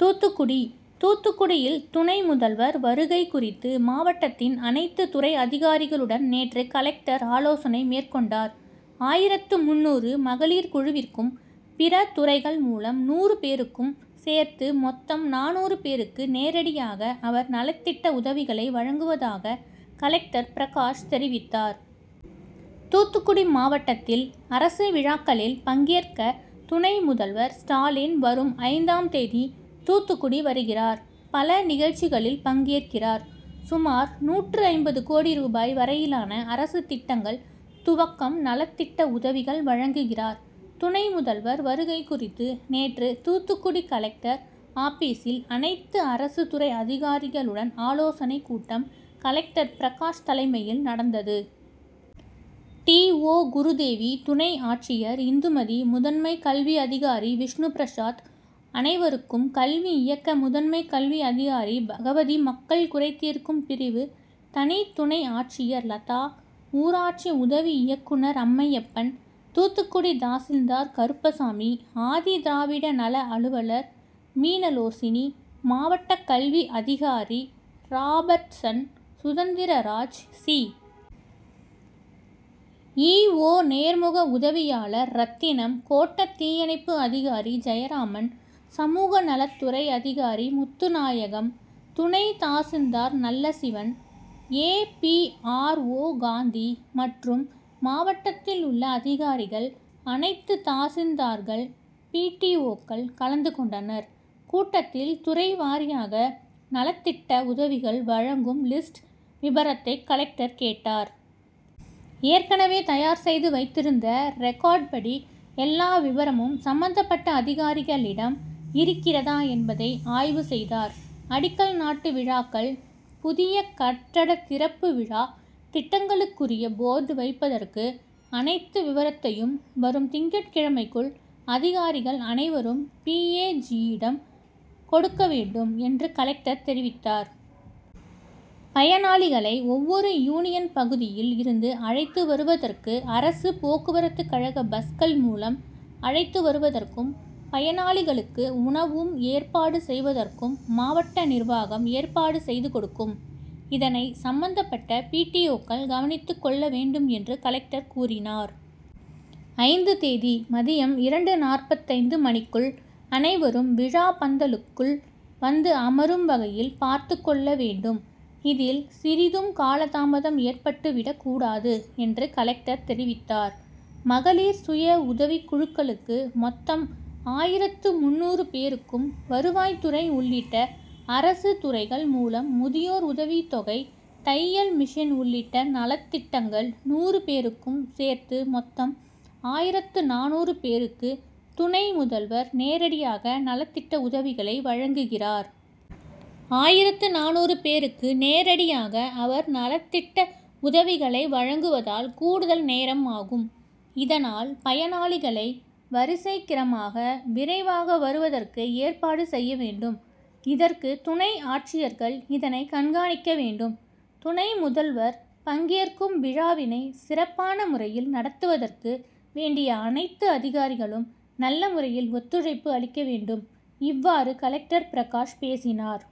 தூத்துக்குடி தூத்துக்குடியில் துணை முதல்வர் வருகை குறித்து மாவட்டத்தின் அனைத்து துறை அதிகாரிகளுடன் நேற்று கலெக்டர் ஆலோசனை மேற்கொண்டார். ஆயிரத்து முன்னூறு மகளிர் குழுவிற்கும் பிற துறைகள் மூலம் நூறு பேருக்கும் சேர்த்து மொத்தம் நானூறு பேருக்கு நேரடியாக அவர் நலத்திட்ட உதவிகளை வழங்குவதாக கலெக்டர் பிரகாஷ் தெரிவித்தார். தூத்துக்குடி மாவட்டத்தில் அரசு விழாக்களில் பங்கேற்க துணை முதல்வர் ஸ்டாலின் வரும் ஐந்தாம் தேதி தூத்துக்குடி வருகிறார். பல நிகழ்ச்சிகளில் பங்கேற்கிறார். சுமார் நூற்று ஐம்பது கோடி ரூபாய் வரையிலான அரசு திட்டங்கள் துவக்கம் நலத்திட்ட உதவிகள் வழங்குகிறார். துணை முதல்வர் வருகை குறித்து நேற்று தூத்துக்குடி கலெக்டர் ஆபிசில் அனைத்து அரசுத்துறை அதிகாரிகளுடன் ஆலோசனை கூட்டம் கலெக்டர் பிரகாஷ் தலைமையில் நடந்தது. டி. ஓ குருதேவி துணை ஆட்சியர் இந்துமதி முதன்மை கல்வி அதிகாரி விஷ்ணுபிரசாத் அனைவருக்கும் கல்வி இயக்க முதன்மை கல்வி அதிகாரி பகவதி மக்கள் குறைதீர்க்கும் பிரிவு தனி துணை ஆட்சியர் லதா ஊராட்சி உதவி இயக்குநர் அம்மையப்பன் தூத்துக்குடி தாசில்தார் கருப்பசாமி ஆதிதிராவிட நல அலுவலர் மீனலோசினி மாவட்ட கல்வி அதிகாரி ராபர்ட்சன் சுதந்திரராஜ் சி. இ. ஓ நேர்முக உதவியாளர் ரத்தினம் கோட்ட தீயணைப்பு அதிகாரி ஜெயராமன் சமூகநலத்துறை அதிகாரி முத்துநாயகம் துணை தாசில்தார் Nallasivan A. P. R. O Gandhi மற்றும் மாவட்டத்தில் உள்ள அதிகாரிகள் அனைத்து தாசில்தார்கள் பி. டி. ஓக்கள் கலந்து கொண்டனர். கூட்டத்தில் துறைவாரியாக நலத்திட்ட உதவிகள் வழங்கும் லிஸ்ட் விபரத்தை கலெக்டர் கேட்டார். ஏற்கனவே தயார் செய்து வைத்திருந்த ரிக்கார்டு படி எல்லா விபரமும் சம்பந்தப்பட்ட அதிகாரிகளிடம் இருக்கிறதா என்பதை ஆய்வு செய்தார். அடிக்கல் நாட்டு விழாக்கள் புதிய கட்டட திறப்பு விழா திட்டங்களுக்குரிய போர்டு வைப்பதற்கு அனைத்து விபரத்தையும் வரும் திங்கட்கிழமைக்குள் அதிகாரிகள் அனைவரும் பி. ஏ. ஜியிடம் கொடுக்க வேண்டும் என்று கலெக்டர் தெரிவித்தார். பயனாளிகளை ஒவ்வொரு யூனியன் பகுதியில் இருந்து அழைத்து வருவதற்கு அரசு போக்குவரத்துகழக பஸ்கள் மூலம் அழைத்து வருவதற்கும் பயனாளிகளுக்கு உணவும் ஏற்பாடு செய்துவதற்கும் மாவட்ட நிர்வாகம் ஏற்பாடு செய்து கொடுக்கும். இதனை சம்பந்தப்பட்ட பி. டி. ஓக்கள் கவனித்து கொள்ள வேண்டும் என்று கலெக்டர் கூறினார். ஐந்து தேதி மதியம் இரண்டு.நாற்பத்தைந்து மணிக்குள் அனைவரும் விழா பந்தலுக்குள் வந்து அமரும் வகையில் பார்த்து கொள்ள வேண்டும். இதில் சிறிதும் காலதாமதம் ஏற்பட்டு விடக் கூடாது என்று கலெக்டர் தெரிவித்தார். மகளிர் சுய உதவிக்குழுக்களுக்கு மொத்தம் ஆயிரத்து முன்னூறு பேருக்கும் வருவாய்துறை உள்ளிட்ட அரசு துறைகள் மூலம் முதியோர் உதவித் தொகை தையல் மிஷின் உள்ளிட்ட நலத்திட்டங்கள் நூறு பேருக்கும் சேர்த்து மொத்தம் ஆயிரத்து நானூறு பேருக்கு துணை முதல்வர் நேரடியாக நலத்திட்ட உதவிகளை வழங்குகிறார். ஆயிரத்து நானூறு பேருக்கு நேரடியாக அவர் நலத்திட்ட உதவிகளை வழங்குவதால் கூடுதல் நேரம் ஆகும். இதனால் பயனாளிகளை வரிசைக்கிரமாக விரைவாக வருவதற்கு ஏற்பாடு செய்ய வேண்டும். இதற்கு துணை ஆட்சியர்கள் இதனை கண்காணிக்க வேண்டும். துணை முதல்வர் பங்கேற்கும் விழாவினை சிறப்பான முறையில் நடத்துவதற்கு வேண்டிய அனைத்து அதிகாரிகளும் நல்ல முறையில் ஒத்துழைப்பு அளிக்க வேண்டும். இவ்வாறு கலெக்டர் பிரகாஷ் பேசினார்.